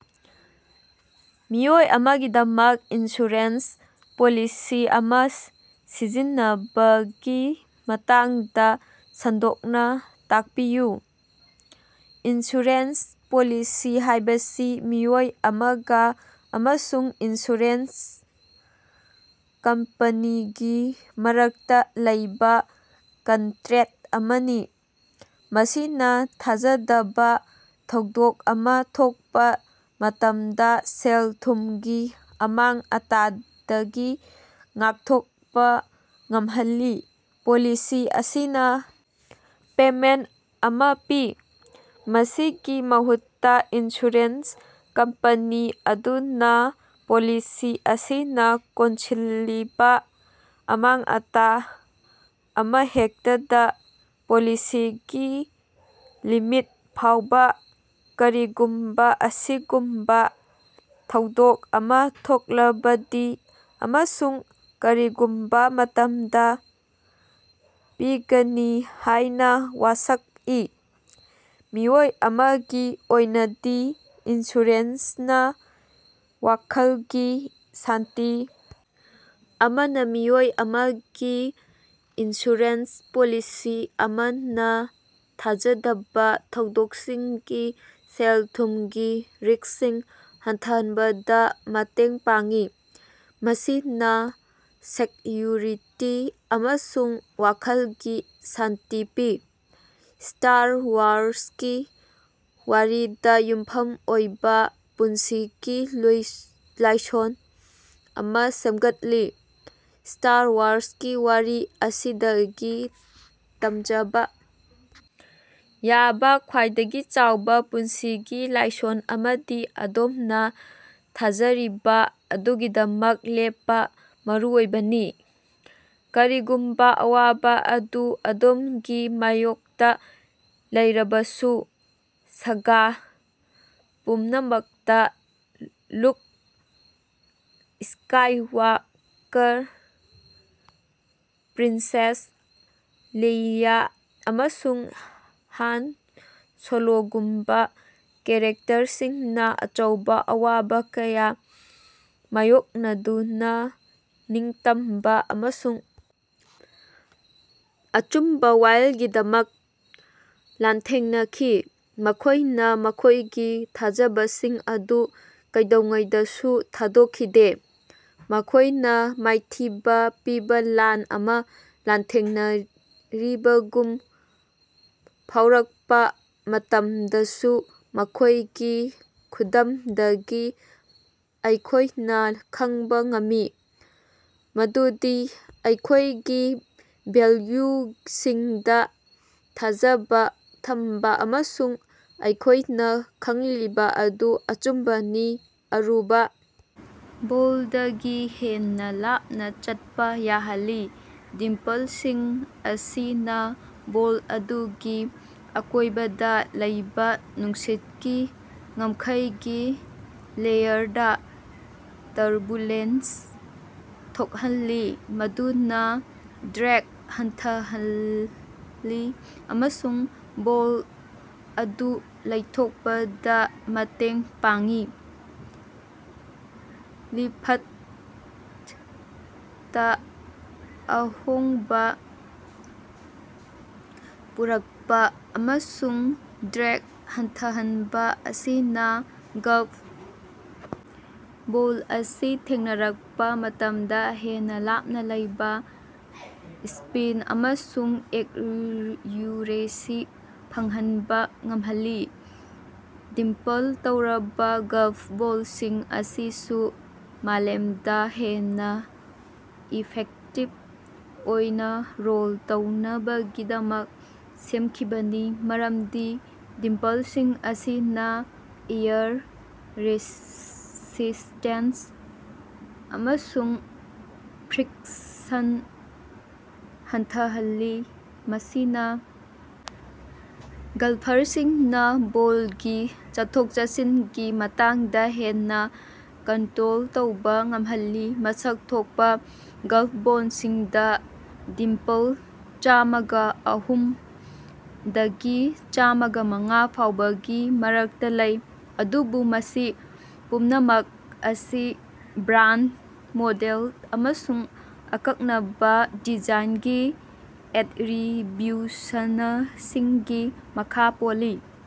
ꯃꯤꯑꯣꯏ ꯑꯃꯒꯤꯗꯃꯛ insurance policy ꯑꯃ ꯁꯤꯖꯤꯟꯅꯕꯒꯤ ꯃꯇꯥꯡꯗ ꯁꯟꯗꯣꯛꯅ ꯇꯥꯛꯄꯤꯌꯨ꯫ ꯏꯟꯁꯨꯔꯦꯟꯁ ꯄꯣꯂꯤꯁꯤ ꯍꯥꯏꯕꯁꯤ ꯃꯤꯑꯣꯏ ꯑꯃꯒ ꯑꯃꯁꯨꯡ ꯏꯟꯁꯨꯔꯦꯟꯁ ꯀꯝꯄꯅꯤꯒꯤ ꯃꯔꯛꯇ ꯂꯩꯕ ꯀꯟꯇꯔꯦꯠ ꯑꯃꯅꯤ꯫ ꯃꯁꯤꯅ ꯊꯥꯖꯗꯕ ꯊꯧꯗꯣꯛ ꯑꯃ ꯊꯣꯛꯄ ꯃꯇꯝꯗ ꯁꯦꯜ-ꯊꯨꯝꯒꯤ ꯑꯃꯥꯡ-ꯑꯇꯥꯗꯒꯤ ꯉꯥꯛꯊꯣꯛꯄ ꯉꯝꯍꯜꯂꯤ꯫ ꯄꯣꯂꯤꯁꯤ ꯑꯁꯤꯅ ꯄꯦꯃꯦꯟꯇ ꯑꯃ ꯄꯤ꯫ ꯃꯁꯤꯒꯤ ꯃꯍꯨꯠꯇ, ꯏꯟꯁꯨꯔꯦꯟꯁ ꯀꯝꯄꯅꯤ ꯑꯗꯨꯅ ꯄꯣꯂꯤꯁꯤ ꯑꯁꯤꯅ ꯀꯣꯟꯁꯤꯜꯂꯤꯕ ꯑꯃꯥꯡ-ꯑꯇꯥ ꯑꯃꯍꯦꯛꯇꯗ, ꯄꯣꯂꯤꯁꯤꯒꯤ ꯂꯤꯃꯤꯠ ꯐꯥꯎꯕ ꯀꯔꯤꯒꯨꯝꯕ ꯑꯁꯤꯒꯨꯝꯕ ꯊꯧꯗꯣꯛ ꯑꯃ ꯊꯣꯛꯂꯕꯗꯤ ꯑꯃꯁꯨꯡ ꯀꯔꯤꯒꯨꯝꯕ ꯃꯇꯝꯗ ꯄꯤꯒꯅꯤ ꯍꯥꯏꯅ ꯋꯥꯁꯛꯏ꯫ ꯃꯤꯑꯣꯏ ꯑꯃꯒꯤ ꯑꯣꯏꯅꯗꯤ, ꯏꯟꯁꯨꯔꯦꯟꯁꯅ ꯋꯥꯈꯜꯒꯤ ꯁꯥꯟꯇꯤ ꯑꯃꯅ ꯃꯤꯑꯣꯏ ꯑꯃꯒꯤ ꯏꯟꯁꯨꯔꯦꯟꯁ ꯄꯣꯂꯤꯁꯤ ꯑꯃꯅ ꯊꯥꯖꯗꯕ ꯊꯧꯗꯣꯛꯁꯤꯡꯒꯤ ꯁꯦꯜ-ꯊꯨꯝꯒꯤ ꯔꯤꯛꯁꯁꯤꯡ ꯍꯟꯊꯍꯟꯕꯗ ꯃꯇꯦꯡ ꯄꯥꯡꯏ, ꯃꯁꯤꯅꯥ ꯁꯦꯛꯌꯨꯔꯤꯇꯤ ꯑꯃꯁꯨꯡ ꯋꯥꯈꯜꯒꯤ ꯁꯥꯟꯇꯤ ꯄꯤ꯫ ꯁ꯭ꯇꯥꯔ ꯋꯥꯔꯁꯀꯤ ꯋꯥꯔꯤꯗ ꯌꯨꯝꯐꯝ ꯑꯣꯏꯕ ꯄꯨꯟꯁꯤꯒꯤ ꯂꯥꯏꯁꯣꯟ ꯑꯃ ꯁꯦꯝꯒꯠꯂꯤ꯫ ꯁ꯭ꯇꯥꯔ ꯋꯥꯔꯁꯀꯤ ꯋꯥꯔꯤ ꯑꯁꯤꯗꯒꯤ ꯇꯝꯖꯕ ꯌꯥꯕ ꯈ꯭ꯋꯥꯏꯗꯒꯤ ꯆꯥꯎꯕ ꯄꯨꯟꯁꯤꯒꯤ ꯂꯥꯏꯁꯣꯟ ꯑꯃꯗꯤ ꯑꯗꯣꯝꯅ ꯊꯥꯖꯔꯤꯕ ꯑꯗꯨꯒꯤꯗꯃꯛ ꯂꯦꯞꯄ ꯃꯔꯨꯑꯣꯏꯕꯅꯤ꯫ ꯀꯔꯤꯒꯨꯝꯕ ꯑꯋꯥꯕ ꯑꯗꯨ ꯑꯗꯣꯝꯒꯤ ꯃꯥꯏꯌꯣꯛꯇ ꯂꯩꯔꯕꯁꯨ꯫ ꯁꯥꯒꯥ ꯄꯨꯝꯅꯃꯛꯇ ꯂꯨꯛ ꯁ꯭ꯀꯥꯏꯋꯥꯀꯔ, ꯄ꯭ꯔꯤꯟꯁꯦꯁ ꯂꯦꯏꯌꯥ, ꯑꯃꯁꯨꯡ ꯍꯥꯟ ꯁꯣꯂꯣꯒꯨꯝꯕ ꯀꯦꯔꯦꯛꯇꯔꯁꯤꯡꯅ ꯑꯆꯧꯕ ꯑꯋꯥꯕ ꯀꯌꯥ ꯃꯥꯌꯣꯛꯅꯗꯨꯅ ꯅꯤꯡꯇꯝꯕ ꯑꯃꯁꯨꯡ ꯑꯆꯨꯝꯕ ꯋꯥꯌꯦꯜꯒꯤꯗꯃꯛ ꯂꯥꯟꯊꯦꯡꯅꯈꯤ꯫ ꯃꯈꯣꯏꯅ ꯃꯈꯣꯏꯒꯤ ꯊꯥꯖꯕꯁꯤꯡ ꯑꯗꯨ ꯀꯩꯗꯧꯉꯩꯗꯁꯨ ꯊꯥꯗꯣꯛꯈꯤꯗꯦ꯫ ꯃꯈꯣꯏꯅ ꯃꯥꯏꯊꯤꯕ ꯄꯤꯕ ꯂꯥꯟ ꯑꯃ ꯂꯥꯟꯊꯦꯡꯅꯔꯤꯕꯒꯨꯝ ꯐꯥꯎꯔꯛꯄ ꯃꯇꯝꯗꯁꯨ ꯃꯈꯣꯏꯒꯤ ꯈꯨꯗꯝꯗꯒꯤ ꯑꯩꯈꯣꯏꯅ ꯈꯪꯕ ꯉꯝꯃꯤ ꯃꯗꯨꯗꯤ ꯑꯩꯈꯣꯏꯒꯤ ꯚꯦꯜꯌꯨꯁꯤꯡꯗꯥ ꯊꯥꯖꯕ ꯊꯝꯕ ꯑꯃꯁꯨꯡ ꯑꯩꯈꯣꯏꯅ ꯈꯪꯂꯤꯕ ꯑꯗꯨ ꯑꯆꯨꯝꯕꯅꯤ, ꯑꯔꯨꯕꯥ ꯕꯣꯜꯗꯒꯤ ꯍꯦꯟꯅ ꯂꯥꯞꯅ ꯆꯠꯄ ꯌꯥꯍꯜꯂꯤ꯫ ꯗꯤꯝꯄꯜꯁꯤꯡ ꯑꯁꯤꯅ ꯕꯣꯜ ꯑꯗꯨꯒꯤ ꯑꯀꯣꯏꯕꯗ ꯂꯩꯕ ꯅꯨꯡꯁꯤꯠꯀꯤ ꯉꯝꯈꯩꯒꯤ ꯂꯦꯌꯔꯗꯥ ꯇꯔꯕꯨꯂꯦꯟꯁ ꯊꯣꯛꯍꯜꯂꯤ ꯃꯗꯨꯅ ꯗ꯭ꯔꯦꯒ ꯍꯟꯊꯍꯜꯂꯤ ꯑꯃꯁꯨꯡ ꯕꯣꯜ ꯑꯗꯨ ꯂꯧꯊꯣꯛꯄꯗ ꯃꯇꯦꯡ ꯄꯥꯡꯏ꯫ ꯂꯤꯐꯠꯇ ꯑꯍꯣꯡꯕ ꯄꯨꯔꯛꯄ ꯑꯃꯁꯨꯡ ꯗ꯭ꯔꯦꯒ ꯍꯟꯊꯍꯟꯕ ꯑꯁꯤꯅ ꯒꯜꯐ ꯕꯣꯜ ꯑꯁꯤ ꯊꯦꯡꯅꯔꯛꯄ ꯃꯇꯝꯗ ꯍꯦꯟꯅ ꯂꯥꯞꯅ ꯂꯩꯕ, ꯁ꯭ꯄꯤꯟ ꯑꯃꯁꯨꯡ ꯑꯦꯛꯌꯨꯔꯦꯁꯤ ꯐꯪꯍꯟꯕ ꯉꯝꯍꯜꯂꯤ꯫ ꯗꯤꯝꯄꯜ ꯇꯧꯔꯕ ꯒꯜꯐ ꯕꯣꯜꯁꯤꯡ ꯑꯁꯤꯁꯨ ꯃꯥꯂꯦꯝꯗ ꯍꯦꯟꯅ ꯏꯐꯦꯛꯇꯤꯕ ꯑꯣꯏꯅ ꯔꯣꯜ ꯇꯧꯅꯕꯒꯤꯗꯃꯛ ꯁꯦꯝꯈꯤꯕꯅꯤ, ꯃꯔꯝꯗꯤ ꯗꯤꯝꯄꯜꯁꯤꯡ ꯑꯁꯤꯅ ꯑꯦꯌꯔ ꯔꯦꯁꯤꯁ꯭ꯇꯦꯟꯁ ꯑꯃꯁꯨꯡ ꯐ꯭ꯔꯤꯛꯁꯟ ꯍꯟꯊꯍꯜꯂꯤ, ꯃꯁꯤꯅ ꯒꯜꯐꯔꯁꯤꯡꯅ ꯕꯣꯜꯒꯤ ꯆꯠꯊꯣꯛ-ꯆꯠꯁꯤꯟꯒꯤ ꯃꯇꯥꯡꯗ ꯍꯦꯟꯅ ꯀꯟꯇꯔꯣꯜ ꯇꯧꯕ ꯉꯝꯍꯜꯂꯤ꯫ ꯃꯁꯛ ꯊꯣꯛꯄ ꯒꯜꯐ ꯕꯣꯜꯁꯤꯡꯗ ꯗꯤꯝꯄꯜ ꯆꯥꯃꯒ ꯑꯍꯨꯝ ꯗꯒꯤ ꯆꯥꯃꯒꯃꯉꯥ ꯐꯥꯎꯕꯒꯤ ꯃꯔꯛꯇ ꯂꯩ, ꯑꯗꯨꯕꯨ ꯃꯁꯤ ꯄꯨꯝꯅꯃꯛ ꯑꯁꯤ ꯕ꯭ꯔꯥꯟꯗ, ꯃꯣꯗꯦꯜ ꯑꯃꯁꯨꯡ ꯑꯀꯛꯅꯕ ꯗꯤꯖꯥꯏꯅꯒꯤ ꯑꯦꯠꯔꯤꯕ꯭ꯌꯨꯁꯅꯁꯤꯡꯒꯤ ꯃꯈꯥ ꯄꯣꯜꯂꯤ꯫